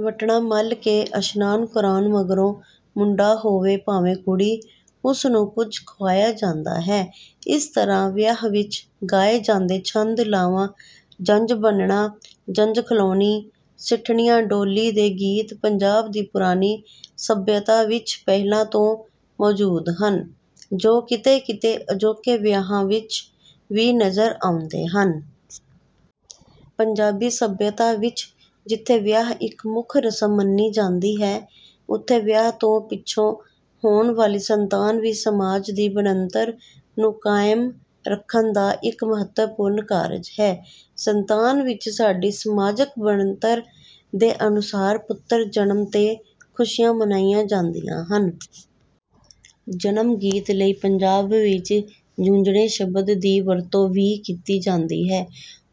ਵਟਣਾ ਮਲ ਕੇ ਅਸ਼ਨਾਨ ਕਰਾਉਣ ਮਗਰੋਂ, ਮੁੰਡਾ ਹੋਵੇ ਭਾਵੇਂ ਕੁੜੀ, ਉਸ ਨੂੰ ਕੁਝ ਖੁਆਇਆ ਜਾਂਦਾ ਹੈ। ਇਸ ਤਰ੍ਹਾਂ ਵਿਆਹ ਵਿੱਚ ਗਾਏ ਜਾਂਦੇ ਛੰਦ, ਲਾਵਾਂ, ਜੰਞ ਬੰਨ੍ਹਣਾ, ਜੰਞ ਖਲਾਉਣੀ, ਸਿੱਠਣੀਆਂ, ਡੋਲੀ ਦੇ ਗੀਤ ਪੰਜਾਬ ਦੀ ਪੁਰਾਣੀ ਸੱਭਿਅਤਾ ਵਿੱਚ ਪਹਿਲਾਂ ਤੋਂ ਮੌਜੂਦ ਹਨ, ਜੋ ਕਿਤੇ ਕਿਤੇ ਅਜੋਕੇ ਵਿਆਹਾਂ ਵਿੱਚ ਵੀ ਨਜ਼ਰ ਆਉਂਦੇ ਹਨ। ਪੰਜਾਬੀ ਸੱਭਿਅਤਾ ਵਿੱਚ ਜਿੱਥੇ ਵਿਆਹ ਇੱਕ ਮੁੱਖ ਰਸਮ ਮੰਨੀ ਜਾਂਦੀ ਹੈ, ਉੱਥੇ ਵਿਆਹ ਤੋਂ ਪਿੱਛੋਂ ਹੋਣ ਵਾਲੀ ਸੰਤਾਨ ਵੀ ਸਮਾਜ ਦੀ ਬਣਤਰ ਨੂੰ ਕਾਇਮ ਰੱਖਣ ਦਾ ਇੱਕ ਮਹੱਤਵਪੂਰਨ ਕਾਰਜ ਹੈ। ਸੰਤਾਨ ਵਿੱਚ ਸਾਡੀ ਸਮਾਜਕ ਬਣਤਰ ਦੇ ਅਨੁਸਾਰ ਪੁੱਤਰ ਜਨਮ ਤੇ ਖੁਸ਼ੀਆਂ ਮਨਾਈਆਂ ਜਾਂਦੀਆਂ ਹਨ। ਜਨਮ ਗੀਤ ਲਈ ਪੰਜਾਬ ਵਿੱਚ 'ਝੁੰਜਣੇ' ਸ਼ਬਦ ਦੀ ਵਰਤੋਂ ਵੀ ਕੀਤੀ ਜਾਂਦੀ ਹੈ।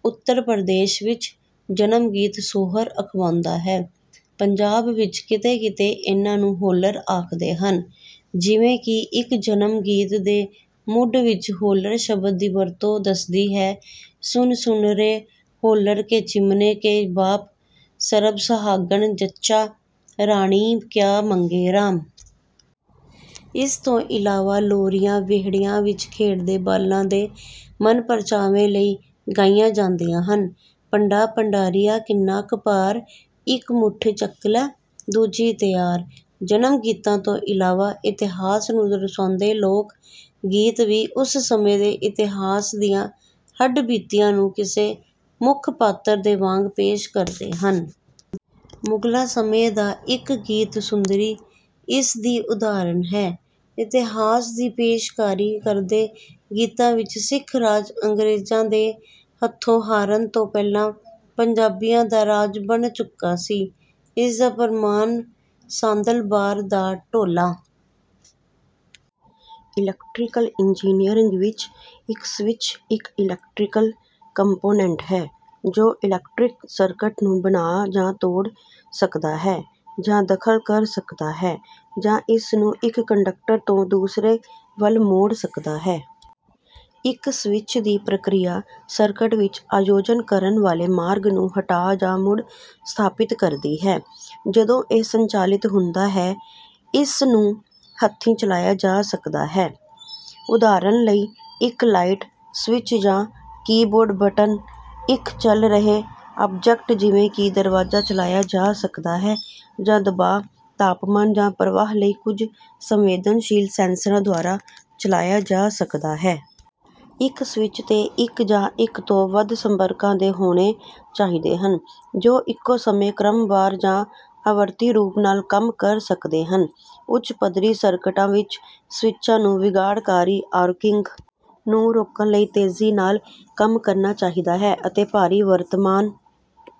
ਉੱਤਰ ਪ੍ਰਦੇਸ਼ ਵਿੱਚ ਜਨਮ ਗੀਤ 'ਸੋਹਰ' ਅਖਵਾਉਂਦਾ ਹੈ। ਪੰਜਾਬ ਵਿੱਚ ਕਿਤੇ ਕਿਤੇ ਇਨ੍ਹਾਂ ਨੂੰ 'ਹੋਲਰ' ਆਖਦੇ ਹਨ, ਜਿਵੇਂ ਕਿ ਇੱਕ ਜਨਮ ਗੀਤ ਦੇ ਮੁੱਢ ਵਿੱਚ ਹੋਲਰ ਸ਼ਬਦ ਦੀ ਵਰਤੋਂ ਦੱਸਦੀ ਹੈ: ਸੁਣ ਸੁਣ ਰੇ ਹੋਲਰ ਕੇ ਚਿਮਨੇ ਕੇ ਬਾਪ, ਸਰਬ ਸਹਾਗਣ ਜੱਚਾ ਰਾਣੀ, ਕਿਆ ਮੰਗੇ ਰਾਮ। ਇਸ ਤੋਂ ਇਲਾਵਾ ਲੋਰੀਆਂ ਵਿਹੜਿਆਂ ਵਿੱਚ ਖੇਡਦੇ ਬਾਲਾਂ ਦੇ ਮਨਪਰਚਾਵੇ ਲਈ ਗਾਈ ਜਾਂਦੀਆਂ ਹਨ। ਭੰਡਾ ਭੰਡਾਰੀਆ ਕਿੰਨਾਂ ਕੁ ਭਾਰ, ਇੱਕ ਮੁੱਠੀ ਚੁੱਕ ਲੈ ਦੂਜੀ ਨੂੰ ਤਿਆਰ। ਜਨਮ ਗੀਤਾਂ ਤੋਂ ਇਲਾਵਾ ਇਤਿਹਾਸ ਨੂੰ ਦਰਸਾਉਂਦੇ ਲੋਕ ਗੀਤ ਵੀ ਉਸ ਸਮੇਂ ਦੇ ਇਤਿਹਾਸ ਦੀਆਂ ਹੱਡ ਬੀਤੀਆਂ ਨੂੰ ਕਿਸੇ ਮੁੱਖ ਪਾਤਰ ਦੇ ਵਾਂਗ ਪੇਸ਼ ਕਰਦੇ ਹਨ। ਮੁਗਲਾਂ ਸਮੇਂ ਦਾ ਇੱਕ ਗੀਤ 'ਸੁੰਦਰੀ' ਇਸ ਦੀ ਉਦਾਹਰਨ ਹੈ। ਇਤਿਹਾਸ ਦੀ ਪੇਸ਼ਕਾਰੀ ਕਰਦੇ ਗੀਤਾਂ ਵਿੱਚ ਸਿੱਖ ਰਾਜ ਅੰਗਰੇਜ਼ਾਂ ਦੇ ਹੱਥੋਂ ਹਾਰਨ ਤੋਂ ਪਹਿਲਾਂ ਪੰਜਾਬੀਆਂ ਦਾ ਰਾਜ ਬਣ ਚੁੱਕਾ ਸੀ। ਇਸ ਦਾ ਪ੍ਰਮਾਣ ਸਾਂਦਲ ਬਾਰ ਦਾ ਢੋਲਾ। ਇਲੈਕਟ੍ਰੀਕਲ ਇੰਜੀਨੀਅਰਿੰਗ ਵਿੱਚ, ਇੱਕ ਸਵਿੱਚ ਇੱਕ ਇਲੈਕਟ੍ਰੀਕਲ ਕੰਪੋਨੈਂਟ ਹੈ ਜੋ ਇਲੈਕਟ੍ਰਿਕ ਸਰਕਟ ਨੂੰ "ਬਣਾ" ਜਾਂ "ਤੋੜ" ਸਕਦਾ ਹੈ, ਜਾਂ ਦਖਲ ਕਰ ਸਕਦਾ ਹੈ ਜਾਂ ਇਸ ਨੂੰ ਇੱਕ ਕੰਡਕਟਰ ਤੋਂ ਦੂਸਰੇ ਵੱਲ ਮੋੜ ਸਕਦਾ ਹੈ। ਇੱਕ ਸਵਿੱਚ ਦੀ ਪ੍ਰਕਿਰਿਆ, ਸਰਕਟ ਵਿੱਚ ਆਯੋਜਨ ਕਰਨ ਵਾਲੇ ਮਾਰਗ ਨੂੰ ਹਟਾ ਜਾਂ ਮੁੜ ਸਥਾਪਿਤ ਕਰਦੀ ਹੈ ਜਦੋਂ ਇਹ ਸੰਚਾਲਿਤ ਹੁੰਦਾ ਹੈ। ਇਸ ਨੂੰ ਹੱਥੀਂ ਚਲਾਇਆ ਜਾ ਸਕਦਾ ਹੈ, ਉਦਾਹਰਨ ਲਈ, ਇੱਕ ਲਾਈਟ ਸਵਿੱਚ ਜਾਂ ਕੀਬੋਰਡ ਬਟਨ, ਇੱਕ ਚਲ ਰਹੇ ਆਬਜੈਕਟ ਜਿਵੇਂ ਕਿ ਦਰਵਾਜ਼ਾ ਚਲਾਇਆ ਜਾ ਸਕਦਾ ਹੈ, ਜਾਂ ਦਬਾਅ, ਤਾਪਮਾਨ ਜਾਂ ਪ੍ਰਵਾਹ ਲਈ ਕੁਝ ਸੰਵੇਦਨਸ਼ੀਲ ਸੈਂਸਰਾਂ ਦੁਆਰਾ ਚਲਾਇਆ ਜਾ ਸਕਦਾ ਹੈ। ਇੱਕ ਸਵਿੱਚ ਤੇ ਇੱਕ ਜਾਂ ਇੱਕ ਤੋਂ ਵੱਧ ਸੰਪਰਕਾਂ ਦੇ ਹੋਣੇ ਚਾਹੀਦੇ ਹਨ, ਜੋ ਇੱਕੋ ਸਮੇਂ, ਕ੍ਰਮਵਾਰ ਜਾਂ ਆਵਰਤੀ ਰੂਪ ਨਾਲ ਕੰਮ ਕਰ ਸਕਦੇ ਹਨ। ਉੱਚ ਪੱਧਰੀ ਸਰਕਟਾਂ ਵਿੱਚ ਸਵਿੱਚਾਂ ਨੂੰ ਵਿਗਾੜਕਾਰੀ ਆਰਕਿੰਗ ਨੂੰ ਰੋਕਣ ਲਈ ਤੇਜ਼ੀ ਨਾਲ ਕੰਮ ਕਰਨਾ ਚਾਹੀਦਾ ਹੈ, ਅਤੇ ਭਾਰੀ ਵਰਤਮਾਨ